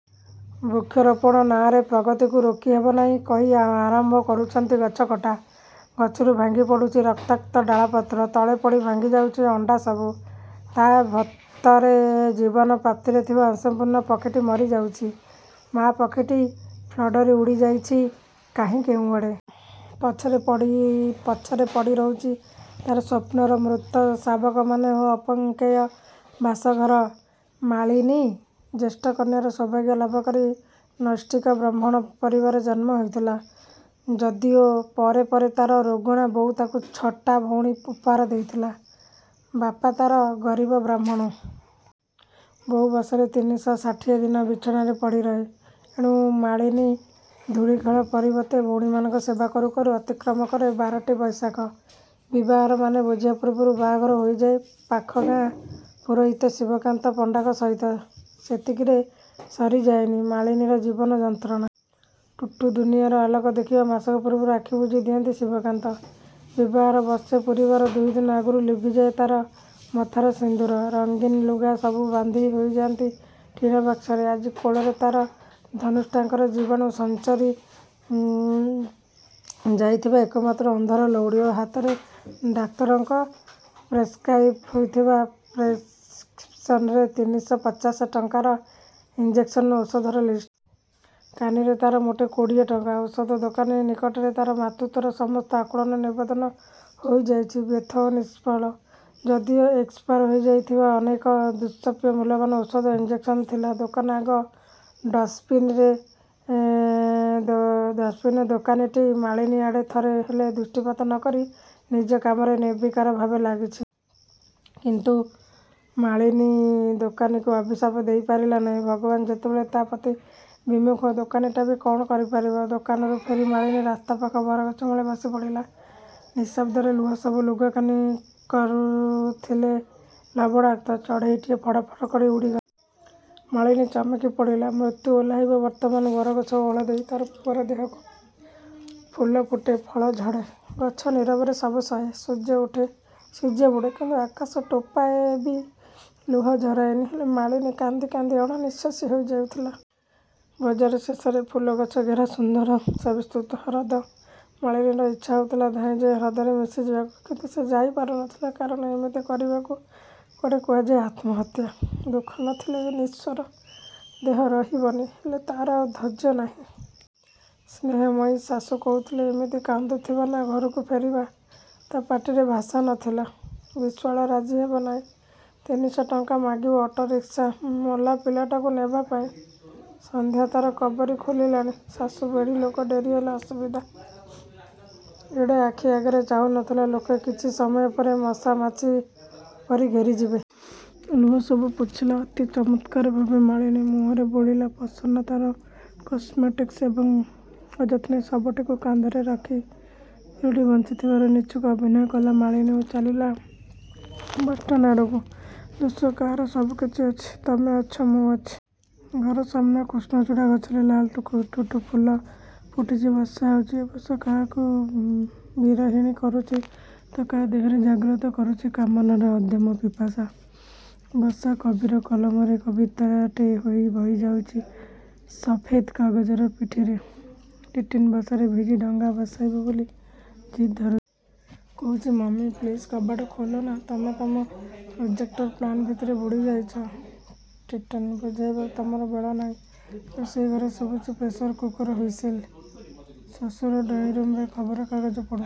ବୃକ୍ଷରୋପଣ ନାଆଁରେ ପ୍ରଗତିକୁ ରୋକି ହେବ ନାହିଁ କହି ଆରମ୍ଭ କରୁଛନ୍ତି ଗଛକଟା। ଗଛରୁ ଭାଙ୍ଗି ପଡ଼ୁଛି ରକ୍ତାକ୍ତ ଡାଳପତ୍ର। ତଳେ ପଡ଼ି ଭାଙ୍ଗିଯାଉଛି ଅଣ୍ଡା ସବୁ। ତା'ଭତରେ ଜୀବନ ପ୍ରାପ୍ତିରେ ଥିବା ଅସଂପୂର୍ଣ୍ଣ ପକ୍ଷୀଟି ମରିଯାଉଛି। ମା'ପକ୍ଷୀଟି ଫଡ୍କରି। ଉଡ଼ି ଯାଉଛି, କାହିଁ କେଉଁଆଡ଼େ। ପଛରେ ପଡ଼ି ରହୁଛି ତା'ର ସ୍ୱପ୍ନର ମୃତ ଶାବକମାନେ ଓ ଅପଙ୍କ୍ତେୟ ବାସଘର। ମାଳିନୀ ଜେଷ୍ଟ କନ୍ୟାର ସୌଭାଗ୍ୟ ଲାଭ କରି ନୈଷ୍ଠିକ ବ୍ରହ୍ମଣ ପରିବାରରେ ଜନ୍ମ ହୋଇଥିଲା। ଯଦିଓ ପରେ ପରେ ତା'ର ରୋଗଣା ବୋଉ ତାକୁ ଛ'ଟା ଭଉଣୀ ଉପହାର ଦେଇଥିଲା। ବାପା ତା'ର ଗରୀବ ବ୍ରାହ୍ମଣ। ବୋଉ ବର୍ଷରେ ତିନିଶ' ଷାଠିଏ ଦିନ ବିଛଣାରେ ପଡ଼ି ରହେ। ଏଣୁ ମାଳିନୀ ଧୂଳିଖେଳ ପରିବର୍ତ୍ତେ ଭଉଣୀମାନଙ୍କ ସେବା କରୁ କରୁ ଅତିକ୍ରମ କରେ ବାରଟି ବୈଶାଖ। ବିବାହର ମାନେ ବୁଝିବା ପୂର୍ବରୁ ବାହାଘର ହୋଇଯାଏ ପାଖ ଗାଁ ପୁରୋହିତ ଶିବକାନ୍ତ ପଣ୍ଡାଙ୍କ ସହିତ। ସେତିକିରେ ସରିଯାଏନି ମାଳିନୀର ଜୀବନ ଯନ୍ତ୍ରଣା। ଟୁଟୁ ଦୁନିଆର ଆଲୋକ ଦେଖିବା ମାସକ ପୂର୍ବରୁ ଆଖିବୁଜି ଦିଅନ୍ତି ଶିବକାନ୍ତ। ବିବାହର ବର୍ଷେ ପୂରିବାର ଦୁଇଦିନ ଆଗରୁ ଲିଭିଯାଏ ତା'ର ମଥାର ସିନ୍ଦୁର। ରଙ୍ଗୀନ ଲୁଗା ସବୁ ବାନ୍ଧି ହୋଇଯାନ୍ତି ଟିଣ ବାକ୍ସରେ। ଆଜି କୋଳରେ ତା'ର ଧନୁଷ୍ଟଙ୍କାର ଜୀବାଣୁ ସଂଚରି ଯାଇଥିବା ଏକମାତ୍ର ଅନ୍ଧର ଲଉଡ଼ି ଓ ହାତରେ ଡାକ୍ତରଙ୍କ ପ୍ରେସ୍କ୍ରାଇବ୍ ହୋଇଥିବା ପ୍ରେସିକ୍ରିପ୍ସନରେ ତିନିଶ'ପଚାଶ ଟଙ୍କାର ଇଂଜେକ୍ସନ୍ ଔଷଧର ଲିଷ୍ଟ। କାନିରେ ତା'ର ମୋଟେ କୋଡ଼ିଏ ଟଙ୍କା। ଔଷଧ ଦୋକାନୀ ନିକଟରେ ତା'ର ମାତୃତ୍ୱର ସମସ୍ତ ଆକୁଳ ନିବେଦନ ହୋଇଯାଇଛି ବ୍ୟର୍ଥ ଏବଂ ନିଷ୍ଫଳ। ଯଦିଓ ଏକ୍ସପାର ହୋଇଯାଇଥିବା ଅନେକ ଦୁଷ୍ପ୍ରପ୍ୟ ମୂଲ୍ୟବାନ ଔଷଧ, ଇଂଜେକସନ୍ ଥିଲା ଦୋକାନ ଆଗ ଡଷ୍ଟବିନରେ। ଦୋକାନୀଟି ମାଳିନୀ ଆଡ଼େ ଥରେ ହେଲେ ଦୃଷ୍ଟିପାତ ନ କରି ନିଜ କାମରେ ନିର୍ବିକାରଭାବେ ଳାଗିଛି। କିନ୍ତୁ ମାଳିନୀ ଦୋକନୀକୁ ଅଭିଶାପ ଦେଇପାରିଲାନି। ଭଗବାନ ଯେତେବେଳେ ତା' ପ୍ରତି ବିମୁଖ, ଦୋକାନୀଟା ବି କ'ଣ କରିପାରିବ! ଦୋକାନରୁ ଫେରି ମାଳିନୀ ରାସ୍ତା ପାଖ ବରଗଛ ମୂଳେ ବସି ପଡ଼ିଲା। ନିଶବ୍ଦରେ ଲୁହ ସବୁ ଲୁଗାକାନି କରୁଥିଲେ ଲବଣାକ୍ତ। ଚଢ଼େଇଟିଏ ଫଡ୍ କରି ଉଡ଼ି ଗଲା। ମାଳିନୀ ଚମକି ପଡ଼ିଲା। ମୃତ୍ୟୁ ଓହ୍ଲାଇବ ବର୍ତ୍ତମାନ ବରଗଛର ଓହଳ ଦେଇ ତା'ର ପୁଅର ଦେହକୁ। ଫୁଲ ଫୁଟେ, ଫୁଲ ଝଡ଼େ, ଗଛ ନୀରବରେ ସବୁ ସହେ। ସୂର୍ଯ୍ୟ ଉଠେ, ସୂର୍ଯ୍ୟ ବୁଡେ କିନ୍ତୁ ଆକାଶ ଟୋପାଏବି ଲୁହ ଝରାଏନି। ହେଲେ ମାଳିନୀ କାନ୍ଦି କାନ୍ଦି ଅଣନିଶ୍ୱାସୀ ହୋଇଯାଉଥିଲା। ବଜାର ଶେଷରେ ପୁଲଗଛ ଘେରା ସୁନ୍ଦର ସୁବିସ୍ତୃତ ହ୍ରଦ। ମାଳିନୀର ଇଚ୍ଛା ହେଉଥିଲା ଧାଇଁଯାଇ ହ୍ରଦରେ ମିଶିଯିବାକୁ। କିନ୍ତୁ ସେ ଯାଇ ପାରୁନଥିଲା। କାରଣ ଏମିତି କରିବାକୁ କୁଆଡ଼େ କୁହାଯାଏ ଆତ୍ମହତ୍ୟା। ଦୁଃଖ ନଥିଲେ ଏ ନଶ୍ୱର ଦେହ ରହିବନି। ହେଲେ ତା'ର ଆଉ ଧୈଯ୍ୟ ନାହିଁ। ସ୍ନେହମୟୀ ଶାଶୁ କହୁଥିଲେ ଏମିତି କାନ୍ଦୁଥିବା ନା ଘରକୁ ଫେରିବା। ତା' ପାଟିରେ ଭାଷା ନ ଥିଲା। ବସ୍ବାଲା ରାଜି ହେବ ନାହିଁ। ତିନିଶ' ଟଙ୍କା ମାଗିବ ଅଟୋ ରିକ୍ସା ମଲାପିଲାଟାକୁ ନେବାପାଇଁ। ସଂଧ୍ୟା ତା'ର କବରୀ ଖୋଲିଲାଣି। ଶାଶୁ ବଢ଼ୀଲୋକ-। ଡେରିହେଲେ ଅସୁବିଧା। ଏବେ ଆଡ଼ ଆଖିରେ ଚାହୁଁନଥିବା ଲୋକ କିଛି ସମୟ ପରେ ମଶାମାଛି ପରି ଘେରିଯିବେ। ଲୁହ ସବୁ ପୋଛିଲା ଅତି ଚମତ୍କାରଭାବେ ମାଳିନୀ। ମୁହଁରେ ବୋଳିଲା ପ୍ରସନ୍ନତାର କସମେଟିକ୍ସ ଏବଂ ସଯତ୍ନେ ଶବଟିକୁ କାନ୍ଧରେ ରଖି ପିଲଟି ବଂଚିଥିବାର ନିଚ୍ଛକ ଅଭିନୟ କଲା ମାଳିନୀ ଓ ଚାଲିଲା ବସ୍ଷ୍ଟାଣ୍ଡ ଆଡ଼କୁ। ଦୋଷ କାହାର ସବୁକିଛି ଅଛି। ତମେ ଅଛ। ମୁଁ ଅଛି। ଘର ସାମ୍ନା କୃଷ୍ଣଚୁଡ଼ା ଗଛରେ ଲାଲ ଟୁଟୁ ଫୁଲ ଫୁଟୁଛି। ବର୍ଷା ହେଉଛି। ଏ ବର୍ଷ କାହାକୁ ବିରହିଣୀ କରୁଛି ତ କାହା ଦେହରେ ଜାଗ୍ରତ କରୁଛି କାମନାର ଅଦମ୍ୟ ପିପାସା। ବର୍ଷା କବିର କଲମରେ କବିତାଟେ ହୋଇ ବହିଯାଉଛି ସଫେଦ କାଗଜ ପିଠିରେ। ଟିଟନ୍ ବର୍ଷାରେ ଭିଜି ଡଙ୍ଗା ଭସାଇବ ବୋଲି ଯିଦ୍ ଧରୁଛି। କହୁଛି,''ମମି, ପ୍ଲିଜ୍ କବାଟ ଖୋଲନା...। '' ତମେ ତମ ପ୍ରୋଜେକ୍ଟର ପ୍ଲାନ୍ ଭିତରେ ବୁଡ଼ି ଯାଇଛ। ଟିଟନ୍କୁ ବୁଝାଇବାକୁ ତମର ବେଳ ନାହିଁ। ରୋଷେଇ ଘରୁ ଶୁଭୁଛି ପ୍ରେସର କୁକର୍ର ହୁଇସିଲ୍। ଶ୍ୱଶୁର ଡ୍ରଇଁରୁମରେ ଖବର କାଗଜ ପଢ଼ୁଛନ୍ତି।